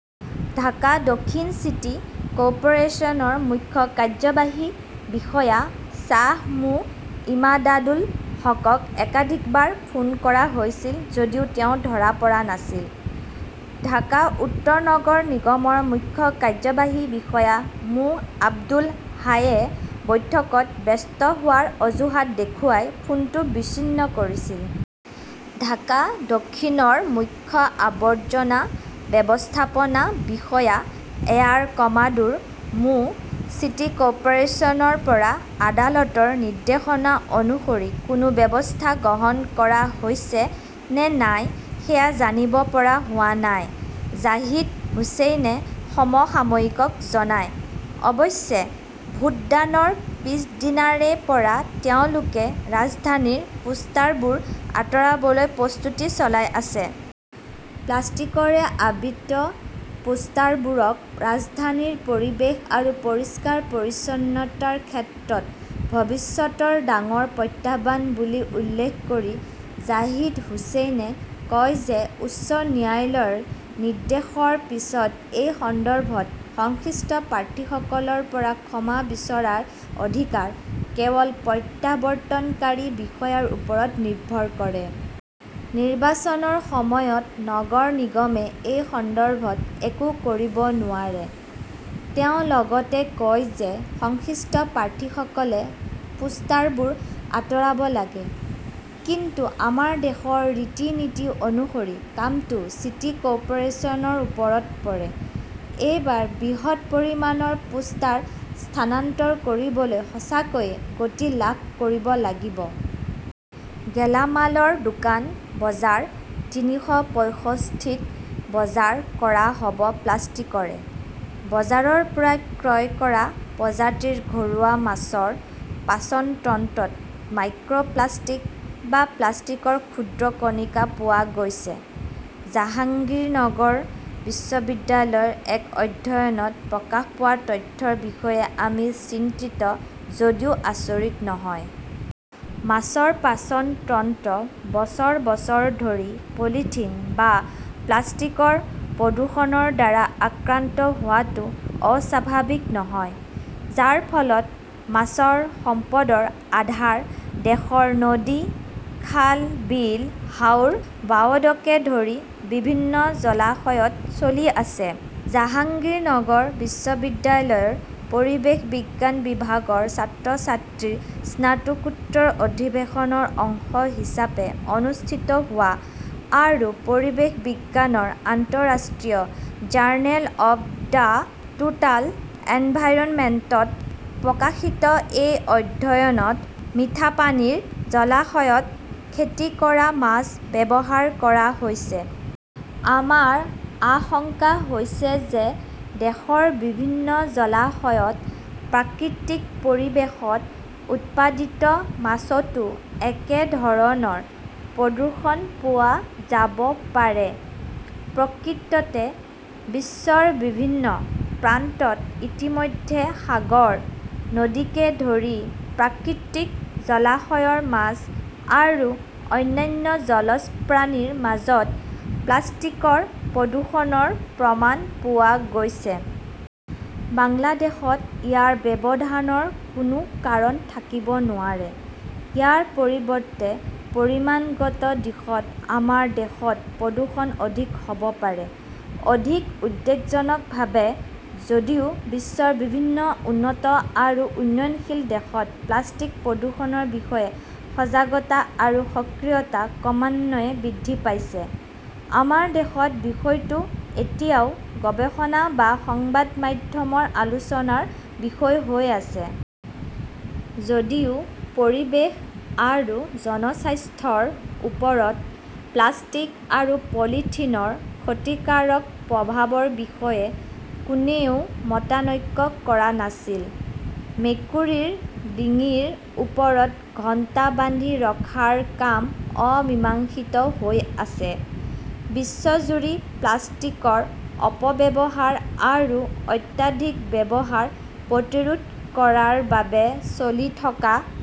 ঢাকা দক্ষিণ চিটি কৰ্পোৰেচনৰ মুখ্য কাৰ্যবাহী বিষয়া শ্বাহ মো. ইমদাদুল হকক একাধিকবাৰ ফোন কৰা হৈছিল যদিও তেওঁ ধৰা পৰা নাছিল। ঢাকা উত্তৰ নগৰ নিগমৰ মুখ্য কাৰ্যবাহী বিষয়া মো. আব্দুল হাইয়ে বৈঠকত ব্যস্ত হোৱাৰ অজুহাত দেখুৱাই ফোনটো বিচ্ছিন্ন কৰিছিল। ঢাকা দক্ষিণৰ মুখ্য আৱৰ্জনা ব্যৱস্থাপনা বিষয়া এয়াৰ কমাডোৰ মো. চিটি কৰ্পোৰেচনৰ পৰা আদালতৰ নিৰ্দেশনা অনুসৰি কোনো ব্যৱস্থা গ্ৰহণ কৰা হৈছে নে নাই সেয়া জানিব পৰা হোৱা নাই, জাহিদ হুচেইনে সমসাময়িকক জনায়। অৱশ্যে, ভোটদানৰ পিছদিনাৰে পৰা তেওঁলোকে ৰাজধানীৰ পোষ্টাৰবোৰ আঁতৰাবলৈ প্ৰস্তুতি চলাই আছে। প্লাষ্টিকৰে আবৃত পোষ্টাৰবোৰক ৰাজধানীৰ পৰিৱেশ আৰু পৰিষ্কাৰ-পৰিচ্ছন্নতাৰ ক্ষেত্ৰত ভৱিষ্যতৰ ডাঙৰ প্ৰত্যাহ্বান বুলি উল্লেখ কৰি জাহিদ হুচেইনে কয় যে উচ্চ ন্যায়ালয়ৰ নিৰ্দেশৰ পিছত এই সন্দৰ্ভত সংশ্লিষ্ট প্ৰাৰ্থীসকলৰ পৰা ক্ষমা বিচৰাৰ অধিকাৰ কেৱল প্ৰত্যাৱৰ্তনকাৰী বিষয়াৰ ওপৰত নিৰ্ভৰ কৰে। নিৰ্বাচনৰ সময়ত নগৰ নিগমে এই সন্দৰ্ভত একো কৰিব নোৱাৰে। তেওঁ লগতে কয় যে সংশ্লিষ্ট প্ৰাৰ্থীসকলে পোষ্টাৰবোৰ আঁতৰাব লাগে; কিন্তু আমাৰ দেশৰ ৰীতি-নীতি অনুসৰি কামটো চিটি কৰ্পোৰেচনৰ ওপৰত পৰে। এইবাৰ বৃহৎ পৰিমাণৰ পোষ্টাৰ স্থানান্তৰ কৰিবলৈ সঁচাকৈয়ে গতি লাভ কৰিব লাগিব। গেলামালৰ দোকান বজাৰ তিনিশ পয়ষষ্ঠি ত বজাৰ কৰা হ'ব প্লাষ্টিকৰে! বজাৰৰ পৰা ক্ৰয় কৰা প্ৰজাতিৰ ঘৰুৱা মাছৰ পাচন তন্ত্ৰত 'মাইক্ৰ "প্লাষ্টিক" বা প্লাষ্টিকৰ ক্ষুদ্ৰ কণিকা পোৱা গৈছে-জাহাংগীৰনগৰ বিশ্ববিদ্যালয়ৰ এক অধ্যয়নত প্ৰকাশ পোৱা তথ্যৰ বিষয়ে আমি চিন্তিত যদিও আচৰিত নহয়। মাছৰ পাচন তন্ত্ৰ বছৰ বছৰ ধৰি পলিথিন বা প্লাষ্টিকৰ প্ৰদূষণৰ দ্বাৰা আক্ৰান্ত হোৱাটো অস্বাভাৱিক নহয়, যাৰ ফলত মাছৰ সম্পদৰ আধাৰ দেশৰ নদী, খাল-বিল, হাওৰ-বাৱডকে ধৰি বিভিন্ন জলাশয়ত চলি আছে। জাহাংগীৰনগৰ বিশ্ববিদ্যালয়ৰ পৰিৱেশ বিজ্ঞান বিভাগৰ ছাত্ৰ-ছাত্ৰীৰ স্নাতকোত্তৰ অধিৱেশনৰ অংশ হিচাপে অনুষ্ঠিত হোৱা আৰু পৰিৱেশ বিজ্ঞানৰ আন্তঃৰাষ্ট্ৰীয় জাৰ্নেল অৱ দ্য টোটাল এনভাইৰনমেণ্টত প্ৰকাশিত এই অধ্যয়নত মিঠা পানীৰ জলাশয়ত খেতি কৰা মাছ ব্যৱহাৰ কৰা হৈছে। আমাৰ আশংকা হৈছে যে দেশৰ বিভিন্ন জলাশয়ত প্ৰাকৃতিক পৰিৱেশত উৎপাদিত মাছতো একে ধৰণৰ প্ৰদূষণ পোৱা যাব পাৰে। প্ৰকৃততে, বিশ্বৰ বিভিন্ন প্ৰান্তত ইতিমধ্যে সাগৰ, নদীকে ধৰি প্ৰাকৃতিক জলাশয়ৰ মাছ আৰু অন্যান্য জলজ প্ৰাণীৰ মাজত প্লাষ্টিকৰ প্ৰদূষণৰ প্ৰমাণ পোৱা গৈছে। বাংলাদেশত ইয়াৰ ব্যৱধানৰ কোনো কাৰণ থাকিব নোৱাৰে। ইয়াৰ পৰিৱৰ্তে পৰিমাণগত দিশত আমাৰ দেশত প্ৰদূষণ অধিক হ’ব পাৰে। অধিক উদ্বেগজনকভাৱে, যদিও বিশ্বৰ বিভিন্ন উন্নত আৰু উন্নয়নশীল দেশত প্লাষ্টিক প্ৰদূষণৰ বিষয়ে সজাগতা আৰু সক্ৰিয়তা ক্ৰমান্বয়ে বৃদ্ধি পাইছে, আমাৰ দেশত বিষয়টো এতিয়াও গৱেষণা বা সংবাদ মাধ্যমৰ আলোচনাৰ বিষয় হৈ আছে। যদিও পৰিৱেশ আৰু জনস্বাস্থ্যৰ ওপৰত প্লাষ্টিক আৰু পলিথিনৰ ক্ষতিকাৰক প্ৰভাৱৰ বিষয়ে কোনেও মতানৈক্য কৰা নাছিল, মেকুৰীৰ ডিঙিৰ ওপৰত ঘণ্টা বান্ধি ৰখাৰ কাম অমীমাংসিত হৈ আছে। বিশ্বজুৰি প্লাষ্টিকৰ অপব্যৱহাৰ আৰু অত্যাধিক ব্যৱহাৰ প্ৰতিৰোধ কৰাৰ বাবে চলি থকা